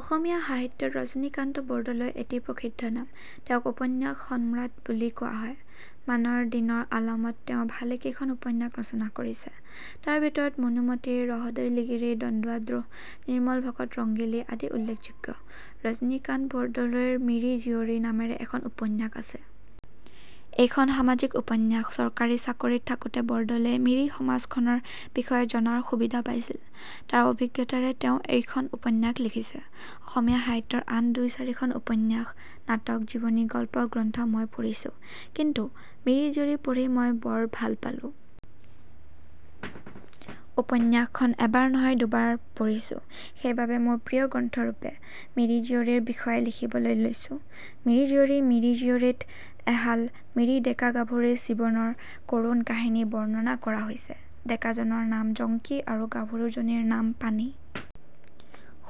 অসমীয়া সাহিত্যত ৰজনীকান্ত বৰদলৈ এটি প্ৰসিদ্ধ নাম। তেওঁক উপন্যাস সম্ৰাট বুলি কোৱা হয়। মানৰ দিনৰ আলমত তেওঁ ভালেকেইখন উপন্যাস ৰচনা কৰিছে। তাৰ ভিতৰত মনোমতী, ৰহদৈ লিগিৰী, দন্দুৱা-দ্ৰোহ, নিৰ্মল-ভকত, ৰংগিলী আদি উল্লেখযোগ্য। ৰজনীকান্ত বৰদলৈৰ "মিৰি জীয়ৰী" নামেৰে এখন উপন্যাস আছে। এইখন সামাজিক উপন্যাস। চৰকাৰী চাকৰিত থাকোতে বৰদলৈয়ে মিৰি সমাজখনৰ বিষয়ে জনাৰ সুবিধা পাইছিল। তাৰ অভিজ্ঞতাৰে তেওঁ এইখন উপন্যাস লিখিছে। অসমীয়া সাহিত্যৰ আন দুই-চাৰিখন উপন্যাস, নাটক, জীৱনী, গল্প-গ্ৰন্থ মই পঢ়িছো। কিন্তু "মিৰি জীয়ৰী" পঢ়ি মই বৰ ভাল পালো। উপন্যাসখন এবাৰ নহয় দুবাৰ পঢ়িছো। সেই বাবে মোৰ প্ৰিয় গ্ৰন্থৰূপে "মিৰি জীয়ৰী"ৰ বিষয়ে লিখিবলৈ লৈছো। মিৰি জীয়ৰী "মিৰি জীয়ৰী "ত এহাল মিৰি ডেকা-গাভৰুৰ জীৱনৰ কৰুণ কাহিনী বৰ্ণনা কৰা হৈছে। ডেকাজনৰ নাম জংকি আৰু গাভৰুজনীৰ নাম পানেই।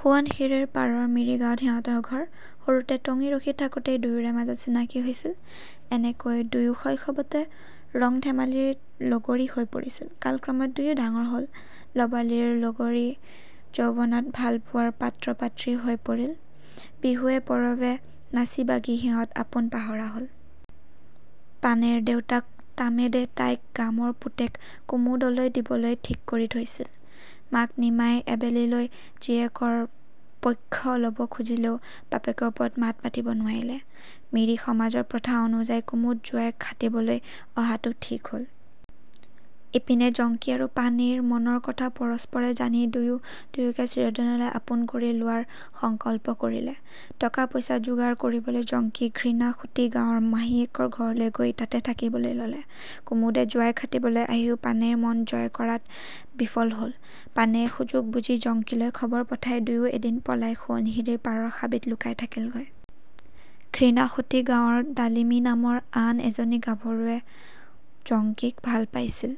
সোৱণশিৰীৰ পাৰৰ মিৰি গাঁৱত সিহঁতৰ ঘৰ। সৰুতে টঙি ৰখি থাকোতেই দুয়োৰে মাজত চিনাকি হৈছিল। এনেকৈ দুয়ো শৈশৱত ৰং-ধেমালিৰ লগৰী হৈ পৰিছিল। কালক্ৰমত দুয়ো ডাঙৰ হ'ল, ল'ৰালিৰ লগৰী যৌৱনত ভালপোৱাৰ পাত্ৰ-পাত্ৰী হৈ পৰিল। বিহুৱে-পৰৱে নাচি বাগি সিহঁত আপোন পাহৰা হ'ল। পানেইৰ দেউতাক তামেদে তাইক গামৰ পুতেক কুমুদলৈ দিবলৈ ঠিক কৰি থৈছিল। মাক নিমাই এবেলিলৈ জীয়েকৰ পক্ষ ল'ব খুজিলেও বাপেকৰ ওপৰত মাত মাতিব নোৱাৰিলে। মিৰি সমাজৰ প্ৰথা অনুযায়ী কুমুদ জোঁৱাই খাটিবলৈ অহাটো ঠিক হ'ল। ইপিনে জংকি আৰু পানেইৰ মনৰ কথা পৰস্পৰে জানি দুয়ো দুয়োকে চিৰদিনলৈ আপোন কৰি লোৱাৰ সংকল্প কৰিলে। টকা-পইচা যোগাৰ কৰিবলৈ জংকি ঘৃনাসুঁতি গাঁৱৰ মাহীয়েকৰ ঘৰলৈ গৈ তাতে থাকিবলৈ ললে। কুমুদে জোঁৱাই খাটিবলৈ আহিও পানেইৰ মন জয় কৰাত বিফল হ'ল, পানেয়ে সুযোগ বুজি জংকিলৈ খবৰ পঠাই দুয়ো এদিন পলাই সোৱণশিৰীৰ পাৰৰ হাবিত লুকাই থাকিলগৈ। ঘৃনাসূঁতি গাঁৱৰ ডালিমী নামৰ আন এজনী গাভৰুৱেও জংকিক ভাল পাইছিল।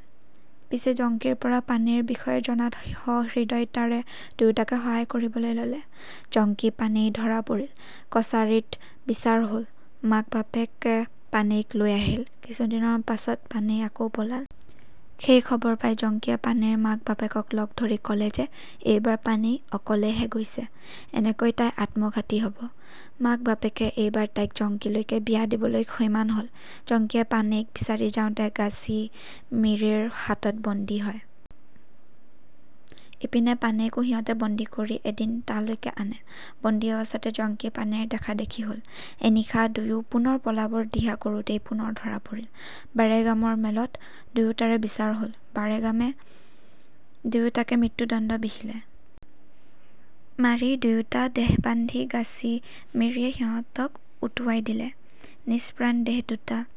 পিছে জংকিৰপৰা পানেইৰ বিষয়ে জনাত সহৃদয়তাৰে দুয়োটাকে সহায় কৰিবলৈ ল'লে। জংকি-পানেই ধৰা পৰিল, কাছাৰীত বিচাৰ হ'ল, মাক-বাপেকে পানেইক লৈ আহিল। কিছুদিনৰ পাছত পানেই আকৌ পলাল। সেই খবৰ পাই জংকিয়ে পানেইৰ মাক-বাপেকক লগ ধৰি ক'লে যে এইবাৰ পানেই অকলেহে গৈছে, এনেকৈ তাই আত্মঘাতী হ'ব। মাক-বাপেকে এইবাৰ তাইক জংকিলৈকে বিয়া দিবলৈ সৈমান হ'ল। জংকিয়ে পানেইক বিচাৰি যাওঁতে গাছি মিৰিৰ হাতত বন্দী হয়। ইপিনে পানেইকো সিহঁতে বন্দী কৰি এদিন তালৈকে আনে ৷ বন্দী অৱস্থাতে জংকি-পানেইৰ দেখা-দেখি হ'ল। এনিশা দুয়ো পুনৰ পলাবৰ দিহা কৰোতেই পুনৰ ধৰা পৰিল। বাৰেগামৰ মেলত দুয়োটাৰে বিচাৰ হ'ল। বাৰেগামে দুয়োটাকে মৃত্যুদণ্ড বিহিলে। শাল মাৰি দুয়োটা দেহবান্ধি গাছি মিৰিয়ে সিহঁতক উটুৱাই দিলে, নিষ্প্ৰাণ দেহ দুটা